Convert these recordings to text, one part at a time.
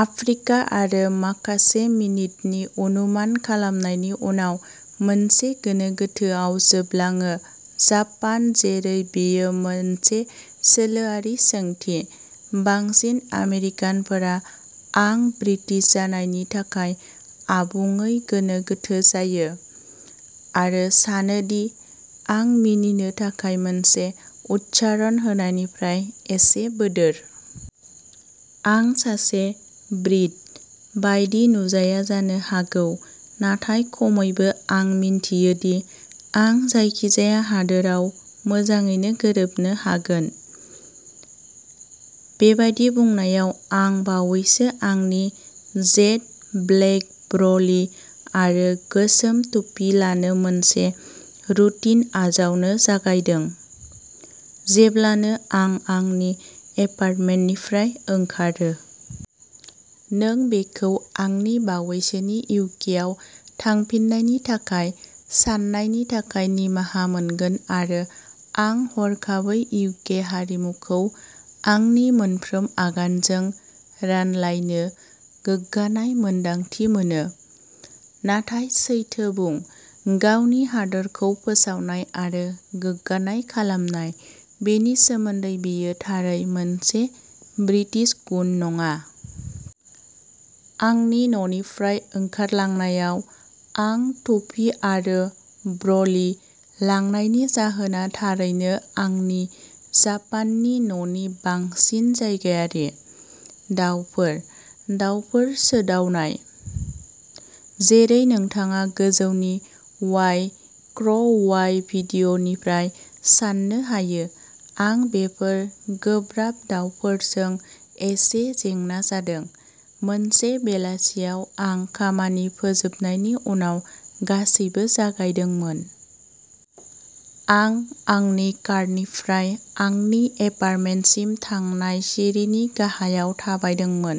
Africa आरो माखासे मिनिटनि अनुमान खालामनायनि उनाव, मोनसे गोनो गोथोआव जोबलाङो जापान जेरै बेयो मोनसे सोलोआरि सोंथि। बांसिन आमेरिकानफोरा, आं ब्रिटिश जानायनि थाखाय आबुङै गोनो गोथो जायो, आरो सानो दि आं मिनिनो थाखाय मोनसे उच्चारण होनायनिफ्राय एसे बोदोर। आं सासे ब्रिट बायदि नुजाया जानो हागौ, नाथाय खमैबो आं मिथियो दि आं जायखिजाया हादोराव मोजाङै गोरोबनो हागोन। बेबादि बुंनायाव, आं बावैसो आंनि जेट-ब्लेक ब्र'ली आरो गोसोम टुपि लानो मोनसे रुटिन आजावनो जागायदों, जेब्लानो आं आंनि एपार्टमेन्टनिफ्राय ओंखारो। नों बेखौ आंनि बावैसोनि इउकेआव थांफिन्नायनि थाखाय साननायनि थाखाय निमाहा मोनगोन आरो आं हरखाबै इउके हारिमुखौ आंनि मोनफ्रोम आगानजों रानलायनो गोग्गानाय मोन्दांथि मोनो। नाथाय सैथो बुं, गावनि हादोरखौ फोसावनाय आरो गोग्गानाय खालामनाय। बेनि सोमोन्दै बेयो थारै मोनसे ब्रिटिश गुन नङा। आंनि न'निफ्राय ओंखारलांनायाव आं टुपि आरो ब्र'लि लांनायनि जाहोना थारैनो आंनि जापाननि न'नि बांसिन जायगायारि। दाउफोर। दाउफोर सोदावनाय। जेरै नोंथाङा गोजौनि'वाइ क्र'वाइ'भिडिय'निफ्राय सान्नो हायो, आं बेफोर गोब्राब दावफोरजों एसे जेंना जादों। मोनसे बेलासियाव आं खामानि फोजोबनायनि उनाव गासैबो जागायदोंमोन। आं आंनि कारनिफ्राय आंनि एपार्टमेन्टसिम थांनाय सिरिनि गाहायाव थाबायदोंमोन,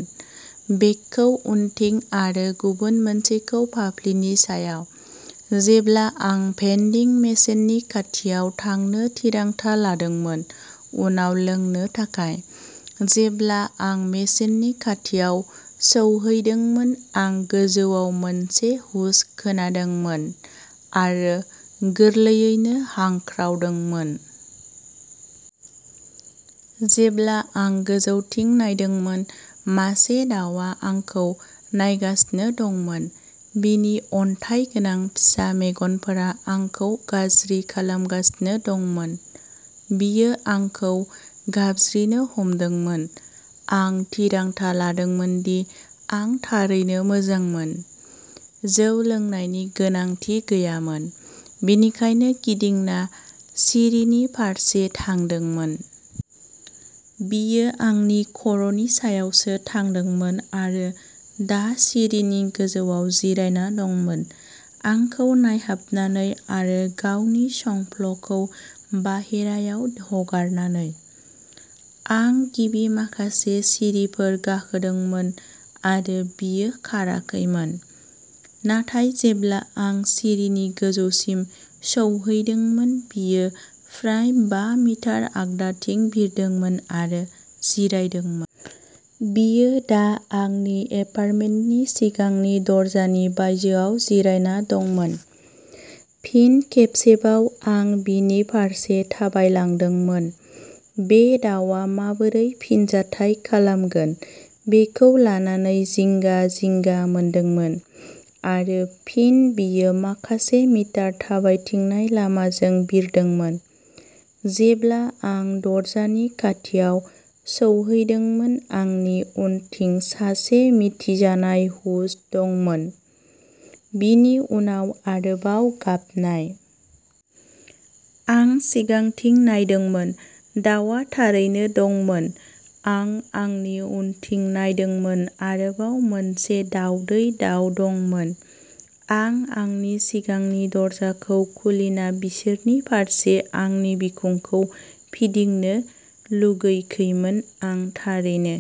बेगखौ उनथिं आरो गुबुन मोनसेखौ फाफ्लिनि सायाव, जेब्ला आं भेन्डिं मेसिननि खाथियाव थांनो थिरांथा लादोंमोन उनाव लोंनो थाखाय। जेब्ला आं मेसिननि खाथियाव सौहैदोंमोन, आं गोजौआव मोनसे हुश खोनादोंमोन आरो गोरलैयैनो हांख्रावदोंमोन। जेब्ला आं गोजौथिं नायदोंमोन, मासे दाउआ आंखौ नायगासिनो दंमोन; बिनि अन्थाइ गोनां फिसा मेगनफोरा आंखौ गाज्रि खालामगासिनो दंमोन। बियो आंखौ गाबज्रिनो हमदोंमोन। आं थिरांथा लादोंमोन दि आं थारैनो मोजांमोन। जौ लोंनायनि गोनांथि गैयामोन, बेनिखायनो गिदिंना सिरिनि फारसे थांदोंमोन। बियो आंनि खर'नि सायावसो थांदोंमोन आरो दा सिरिनि गोजौआव जिरायना दंमोन, आंखौ नायहाबनानै आरो गावनि संफ्लखौ बाहेरायाव हगारनानै। आं गिबि माखासे सिरिफोर गाखोदोंमोन आरो बियो खाराखैमोन, नाथाय जेब्ला आं सिरिनि गोजौसिम सौहैदोंमोन, बियो फ्राय बा मिटार आगदाथिं बिरदोंमोन आरो जिरायदोंमोन। बियो दा आंनि एपार्टमेन्टनि सिगांनि दरजानि बायजोआव जिरायना दंमोन। फिन खेबसेबाव आं बिनि फारसे थाबायलांदोंमोन, बे दाउआ माबोरै फिनजाथाय खालामगोन बेखौ लानानै जिंगा-जिंगा मोनदोंमोन आरो फिन बियो माखासे मिटार थाबायथिंनाय लामाजों बिरदोंमोन। जेब्ला आं दरजानि खाथियाव सौहैदोंमोन, आंनि उनथिं सासे मिथिजानाय हुश दंमोन, बिनि उनाव आरोबाव गाबनाय। आं सिगांथिं नायदोंमोन, दाउआ थारैनो दंमोन। आं आंनि उनथिं नायदोंमोन आरोबाव मोनसे दावदै दाउ दंमोन आं आंनि सिगांनि दरजाखौ खुलिना बिसोरनि फारसे आंनि बिखुंखौ फिदिंनो लुगैाखैमोन आं थारैनो।